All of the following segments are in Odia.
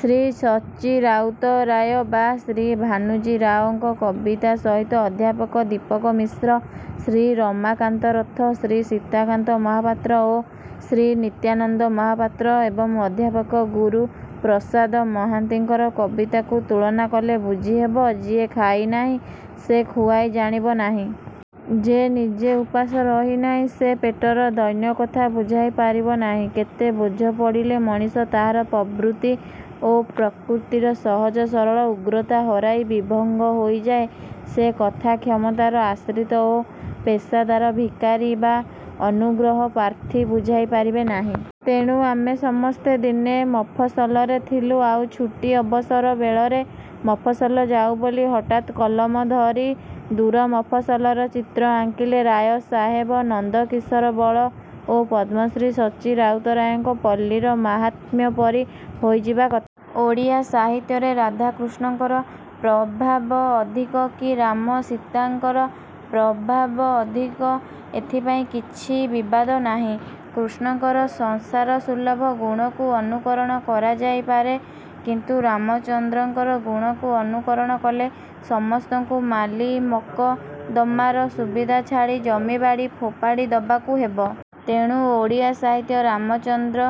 ଶ୍ରୀ ସଚ୍ଚି ରାଉତରାୟ ବା ଶ୍ରୀ ଭାନୁଜୀ ରାଓଙ୍କ କବିତା ସହିତ ଅଧ୍ୟାପକ ଦୀପକ ମିଶ୍ର, ଶ୍ରୀ ରମାକାନ୍ତ ରଥ, ଶ୍ରୀ ସୀତାକାନ୍ତ ମହାପାତ୍ର ଓ ଶ୍ରୀ ନିତ୍ୟାନନ୍ଦ ମହାପାତ୍ର ଏବଂ ଅଧ୍ୟାପକ ଗୁରୁପ୍ରସାଦ ମହାନ୍ତିଙ୍କର କବିତାକୁ ତୁଳନା କଲେ ବୁଝି ହେବ-। ଯିଏ ଖାଇ ନାହିଁ, ସେ ଖୁଆଇ ଜାଣିବ ନାହିଁ। ଯେ ନିଜେ ଉପାସ ରହି ନାହିଁ, ସେ ପେଟର ଦୈନ୍ୟ କଥା ବୁଝାଇ ପାରିବ ନାହିଁ। କେତେ ବୋଝ ପଡ଼ିଲେ ମଣିଷ ତାହାର ପ୍ରବୃତ୍ତି ଓ ପ୍ରକୃତିର ସହଜ ସରଳ ଉଗ୍ରତା ହରାଇ ବିଭଙ୍ଗ ହୋଇଯାଏ ସେ କଥା କ୍ଷମତାର ଆଶ୍ରିତ ଓ ପେଶାଦାର ଭିକାରୀ ବା ଅନୁଗ୍ରହପ୍ରାର୍ଥୀ ବୁଝାଇ ପାରିବେ ନାହିଁ। ତେଣୁ ଆମେ ସମସ୍ତେ ଦିନେ ମଫସଲରେ ଥିଲୁ ଆଉ ଛୁଟି ଅବସର ବେଳରେ ମଫସଲ ଯାଉ ବୋଲି ହଠାତ୍ କଲମ ଧରି ଦୂର ମଫସଲର ଚିତ୍ର ଆଙ୍କିଲେ ରାୟ ସାହେବ, ନନ୍ଦ କିଶୋର ବଳ, ଓ ପଦ୍ମଶ୍ରୀ ସଚ୍ଚି ରାଉତରାୟଙ୍କ ପଲ୍ଲୀର ମାହାତ୍ମ୍ୟ ପରି ହୋଇଯିବା କଥା। ଓଡ଼ିଆ ସାହିତ୍ୟରେ ରାଧାକୃଷ୍ଣଙ୍କର ପ୍ରଭାବ ଅଧିକ କି ରାମ ସୀତାଙ୍କର ପ୍ରଭାବ ଅଧିକ ଏଥିପାଇଁ କିଛି ବିବାଦ ନାହିଁ। କୃଷ୍ଣଙ୍କର ସଂସାରସୁଲଭ ଗୁଣକୁ ଅନୁକରଣ କରାଯାଇ ପାରେ କିନ୍ତୁ ରାମଚନ୍ଦ୍ରଙ୍କର ଗୁଣକୁ ଅନୁକରଣ କଲେ ସମସ୍ତଙ୍କୁ ମାଲିମକଦ୍ଦମାର ସୁବିଧା ଛାଡ଼ି ଜମିବାଡ଼ି ଫୋପାଡ଼ି ଦବାକୁ ହେବ। ତେଣୁ ଓଡ଼ିଆ ସାହିତ୍ୟ ରାମଚନ୍ଦ୍ର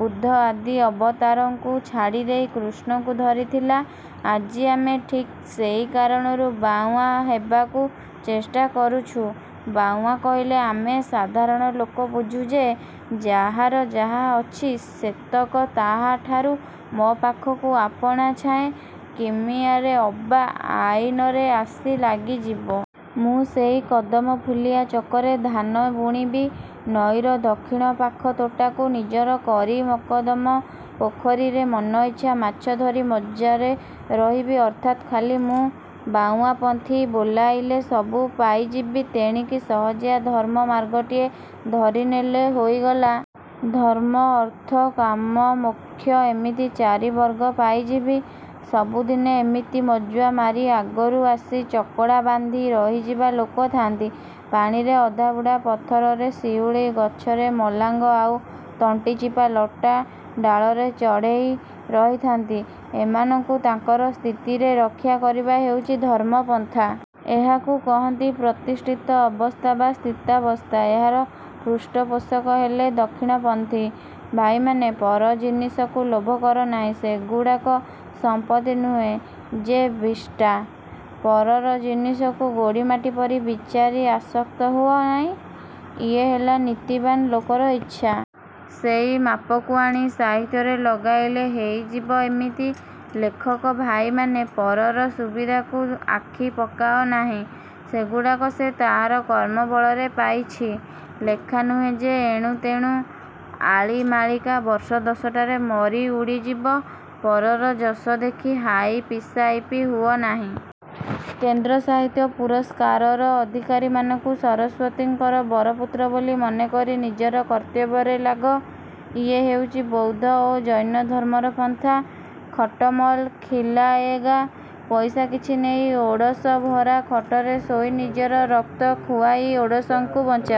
ବୁଦ୍ଧ ଆଦି ଅବତାରଙ୍କୁ ଛାଡ଼ିଦେଇ କୃଷ୍ଣଙ୍କୁ ଧରିଥିଲା। ଆଜି ଆମେ ଠିକ୍ ସେଇ କାରଣରୁ ବାଉଁଆ ହେବାକୁ ଚେଷ୍ଟା କରୁଛୁ। ବାଉଁଆ କହିଲେ ଆମେ ସାଧାରଣ ଲୋକ ବୁଝୁ ଯେ ଯାହାର ଯାହା ଅଛି ସେତକ ତାହାଠାରୁ ମୋ'ପାଖକୁ ଆପଣା ଛାଏଁ କିମିଆରେ ଅବା ଆଇନରେ ଆସି ଲାଗିଯିବ। ମୁଁ ସେଇ କଦମ ଫୁଲିଆ ଚକରେ ଧାନ ବୁଣିବି, ନଈର ଦକ୍ଷିଣ ପାଖ ତୋଟାକୁ ନିଜର କରି ମକଦମ ପୋଖରୀରେ ମନଇଚ୍ଛା ମାଛ ଧରି ମଜ୍ଜାରେ ରହିବି। ଅର୍ଥାତ୍ ଖାଲି ମୁଁ ବାଉଁଆପନ୍ଥୀ ବୋଲାଇଲେ ସବୁ ପାଇଯିବି। ତେଣିକି ସହଜିଆ ଧର୍ମ ମାର୍ଗଟିଏ ଧରିନେଲେ ହୋଇଗଲା। ଧର୍ମ-ଅର୍ଥ-କାମ-ମୋକ୍ଷ ଏମିତି ଚାରିବର୍ଗ ପାଇଯିବି। ସବୁଦିନେ ଏମିତି ମଜ୍ଜା ମାରି ଆଗରୁ ଆସି ଚକଡ଼ା ବାନ୍ଧି ରହିଯିବା ଲୋକ ଥାନ୍ତି। ପାଣିରେ ଅଧାବୁଡ଼ା ପଥରରେ ଶିଉଳୀ, ଗଛରେ ମଲାଙ୍ଗ ଆଉ ତଣ୍ଟିଚିପା ଲଟା, ଡାଳରେ ଚଢ଼େଇ ରହିଥାନ୍ତି। ଏମାନଙ୍କୁ ତାଙ୍କର ସ୍ଥିତିରେ ରକ୍ଷା କରିବା ହେଉଛି-ଧର୍ମ ପନ୍ଥା। ଏହାକୁ କହନ୍ତି ପ୍ରତିଷ୍ଠିତ ଅବସ୍ଥା ବା ସ୍ଥିତାବସ୍ଥା। ଏହାର ପୃଷ୍ଠପୋଷକ ହେଲେ ଦକ୍ଷିଣପନ୍ଥୀ। ଭାଇମାନେ। ପର ଜିନିସକୁ ଲୋଭ କର ନାହିଁ। ସେଗୁଡ଼ାକ ସଂପତ୍ତି ନୁହେଁ ଯେ ବିଷ୍ଠା-। ପରର ଜିନିସକୁ ଗୋଡ଼ିମାଟି ପରି ବିଚାରି ଆସକ୍ତ ହୁଅ ନାହିଁ-ଇଏ ହେଲା ନୀତିବାନ୍ ଲୋକର ଇଚ୍ଛା। ସେଇ ମାପକୁ ଆଣି ସାହିତ୍ୟରେ ଲଗାଇଲେ ହେଇଯିବ ଏମିତି। ଲେଖକ ଭାଇମାନେ। ପରର ସୁବିଧାକୁ ଆଖି ପକାଅ ନାହିଁ। ସେଗୁଡ଼ାକ ସେ ତାହାର କର୍ମ ବଳରେ ପାଇଛି। ଲେଖା ନୁହେଁ ଯେ ଏଣୁତେଣୁ ଆଳି ମାଳିକା। ବର୍ଷ ଦଶଟାରେ ମରି ଉଡ଼ିଯିବ। ପରର ଯଶ ଦେଖି ହାଇପିସାଇପି ହୁଅ ନାହିଁ। କେନ୍ଦ୍ର ସାହିତ୍ୟ ପୁରସ୍କାରର ଅଧିକାରୀମାନଙ୍କୁ ସରସ୍ୱତୀଙ୍କର ବରପୁତ୍ର ବୋଲି ମନେ କରି ନିଜର କର୍ତ୍ତବ୍ୟରେ ଲାଗ। ଇଏ ହେଉଛି ବୌଦ୍ଧ ଓ ଜୈନ ଧର୍ମର ପନ୍ଥା-ଖଟମଲ୍ ଖିଲାଏଗା। ପଇସା କିଛି ନେଇ ଓଡ଼ଶ ଭରା ଖଟରେ ଶୋଇ ନିଜର ରକ୍ତ ଖୁଆଇ ଓଡ଼ଶଙ୍କୁ ବଞ୍ଚାଅ।